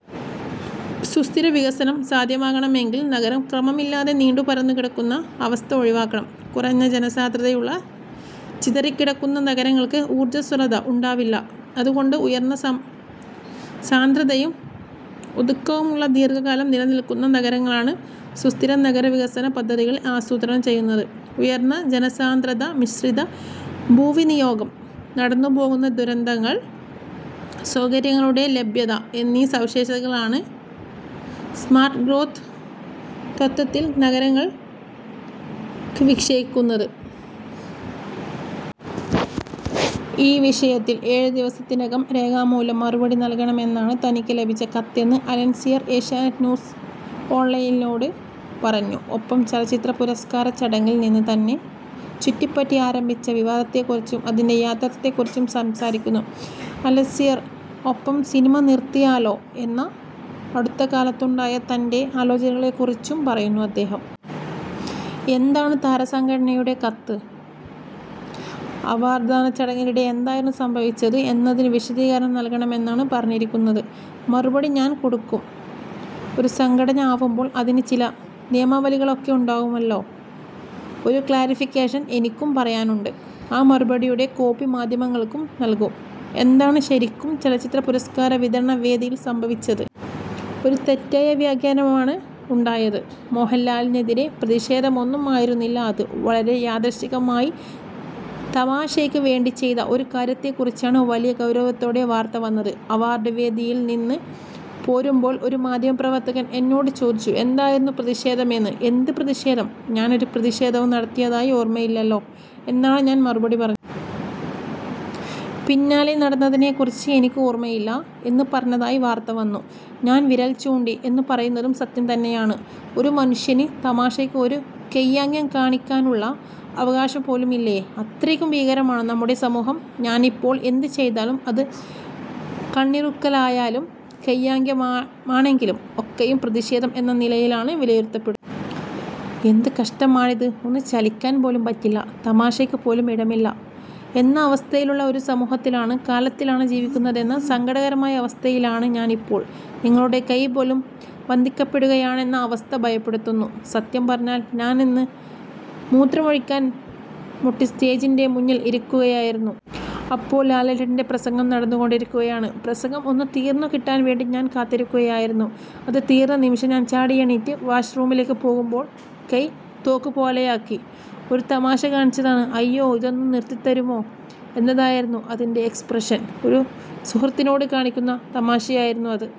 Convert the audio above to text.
സുസ്ഥിര വികസനം സാധ്യമാകണമെങ്കിൽ നഗരം ക്രമമില്ലാതെ നീണ്ടു പരന്നു കിടക്കുന്ന അവസ്ഥ ഒഴിവാക്കണം. കുറഞ്ഞ ജനസാന്ദ്രതയുള്ള, ചിതറിക്കിടക്കുന്ന നഗരങ്ങൾക്ക് ഊർജസ്വലത ഉണ്ടാവില്ല. അതുകൊണ്ട് ഉയർന്ന സാന്ദ്രതയും ഒതുക്കവുമുള്ള, ദീർഘകാലം നിലനില്ക്കുന്ന നഗരങ്ങളാണ് സുസ്ഥിര നഗരവികസന പദ്ധതികളിൽ ആസൂത്രണം ചെയ്യുന്നത്. ഉയർന്ന ജനസാന്ദ്രത, മിശ്രിത ഭൂവിനിയോഗം, നടന്നുപോകാവുന്ന ദൂരത്തിൽ സൌകര്യങ്ങളുടെ ലഭ്യത എന്നീ സവിശേഷതകളാണ് സ്മാർട്ട് ഗ്രോത്ത് തത്ത്വത്തിൽ നഗരങ്ങൾക്ക് വിവക്ഷിക്കുന്നത്. ഈ വിഷയത്തിൽ ഏഴ് ദിവസത്തിനകം രേഖാമൂലം മറുപടി നൽകണമെന്നാണ് തനിക്ക് ലഭിച്ച കത്തെന്ന് അലൻസിയർ ഏഷ്യാനെറ്റ് ന്യൂസ് ഓൺലൈനിനോട് പറഞ്ഞു. ഒപ്പം ചലച്ചിത്ര പുരസ്കാര ചടങ്ങിൽ നിന്ന് തന്നെ ചുറ്റിപ്പറ്റി ആരംഭിച്ച വിവാദത്തെക്കുറിച്ചും അതിൻറെ യാഥാർഥ്യത്തെക്കുറിച്ചും സംസാരിക്കുന്നു അലൻസിയർ. ഒപ്പം സിനിമ നിർത്തിയാലോ എന്ന അടുത്തകാലത്തുണ്ടായ തൻറെ ആലോചനകളെക്കുറിച്ചും പറയുന്നു അദ്ദേഹം. എന്താണ് താരസംഘടനയുടെ കത്ത്? അവാർഡ്ദാന ചടങ്ങിനിടെ എന്തായിരുന്നു സംഭവിച്ചത് എന്നതിന് വിശദീകരണം നൽകണമെന്നാണ് പറഞ്ഞിരിക്കുന്നത്. മറുപടി ഞാൻ കൊടുക്കും. ഒരു സംഘടന ആവുമ്പോൾ അതിന് ചില നിയമാവലികളൊക്കെ ഉണ്ടാവുമല്ലോ. ഒരു ക്ലാരിഫിക്കേഷൻ എനിക്കും പറയാനുണ്ട്. ആ മറുപടിയുടെ കോപ്പി മാധ്യമങ്ങൾക്കും നൽകും. എന്താണ് ശരിക്കും ചലച്ചിത്ര പുരസ്കാര വിതരണ വേദിയിൽ സംഭവിച്ചത്? ഒരു തെറ്റായ വ്യാഖ്യാനമാണ് ഉണ്ടായത്. മോഹൻലാലിനെതിരായ പ്രതിഷേധമൊന്നും ആയിരുന്നില്ല അത്. വളരെ യാദൃശ്ചികമായി തമാശയ്ക്ക് വേണ്ടി ചെയ്ത ഒരു കാര്യത്തെക്കുറിച്ചാണ് വലിയ ഗൌരവത്തോടെ വാർത്ത വന്നത്. അവാർഡ് വേദിയിൽ നിന്ന് പോരുമ്പോൾ ഒരു മാധ്യമപ്രവർത്തകൻ എന്നോട് ചോദിച്ചു, എന്തായിരുന്നു പ്രതിഷേധമെന്ന്. എന്ത് പ്രതിഷേധം, ഞാനൊരു പ്രതിഷേധവും നടത്തിയതായി ഓർമ്മയില്ലല്ലോ എന്നാണ് ഞാൻ മറുപടി പറഞ്ഞത്. പിന്നാലെ, നടന്നതിനെക്കുറിച്ച് എനിക്ക് ഓർമ്മയില്ല എന്ന് പറഞ്ഞതായി വാർത്ത വന്നു. ഞാൻ വിരൽ ചൂണ്ടി എന്ന് പറയുന്നത് സത്യം തന്നെയാണ്. ഒരു മനുഷ്യന് തമാശയ്ക്ക് ഒരു കൈയാംഗ്യം കാണിക്കാനുള്ള അവകാശം പോലുമില്ലേ? അത്രയും ഭീകരമാണോ നമ്മുടെ സമൂഹം? ഞാനിപ്പോൾ എന്ത് ചെയ്താലും, അത് കണ്ണിറുക്കലായാലും കൈയാംഗ്യമാണെങ്കിലും ഒക്കെയും പ്രതീഷേധം എന്ന നിലയിലാണ് വിലയിരുത്തപ്പെടുന്നത്. എന്ത് കഷ്ടമാണിത്? ഒന്ന് ചലിക്കാൻ പോലും പറ്റില്ല, ഒരു തമാശയ്ക്ക് പോലും ഇടമില്ല എന്ന അവസ്ഥയിലുള്ള ഒരു സമൂഹത്തിലാണ്, കാലത്തിലാണ് ജീവിക്കുന്നതെന്ന സങ്കടകരമായ അവസ്ഥയിലാണ് ഞാനിപ്പോൾ. നിങ്ങളുടെ കൈ പോലും ബന്ധിക്കപ്പെടുകയാണെന്ന അവസ്ഥ ഭയപ്പെടുത്തുന്നു. സത്യം പറഞ്ഞാൽ ഞാനന്ന് മൂത്രമൊഴിക്കാൻ മുട്ടി സ്റ്റേജിൻറെ മുന്നിൽ ഇരിക്കുകയായിരുന്നു. അപ്പോൾ ലാലേട്ടൻറെ പ്രസംഗം നടന്നുകൊണ്ടിരിക്കുകയാണ്. പ്രസംഗം ഒന്ന് തീർന്നുകിട്ടാൻവേണ്ടി ഞാൻ കാത്തിരിക്കുകയായിരുന്നു. അത് തീർന്നനിമിഷം ഞാൻചാടിയെണീറ്റ് വാഷ് റൂമിലേക്ക് പോകുമ്പോൾ കൈ തോക്ക് പോലെയാക്കി ഒരു തമാശ കാണിച്ചതാണ്. ' അയ്യോ ഇതൊന്ന് നിർത്തിത്തരുമോ ' എന്നതായിരുന്നു അതിൻറെ എക്സ്പ്രഷൻ. ഒരു സുഹൃത്തിനോട് കാണിക്കുന്ന തമാശയായിരുന്നു അത്.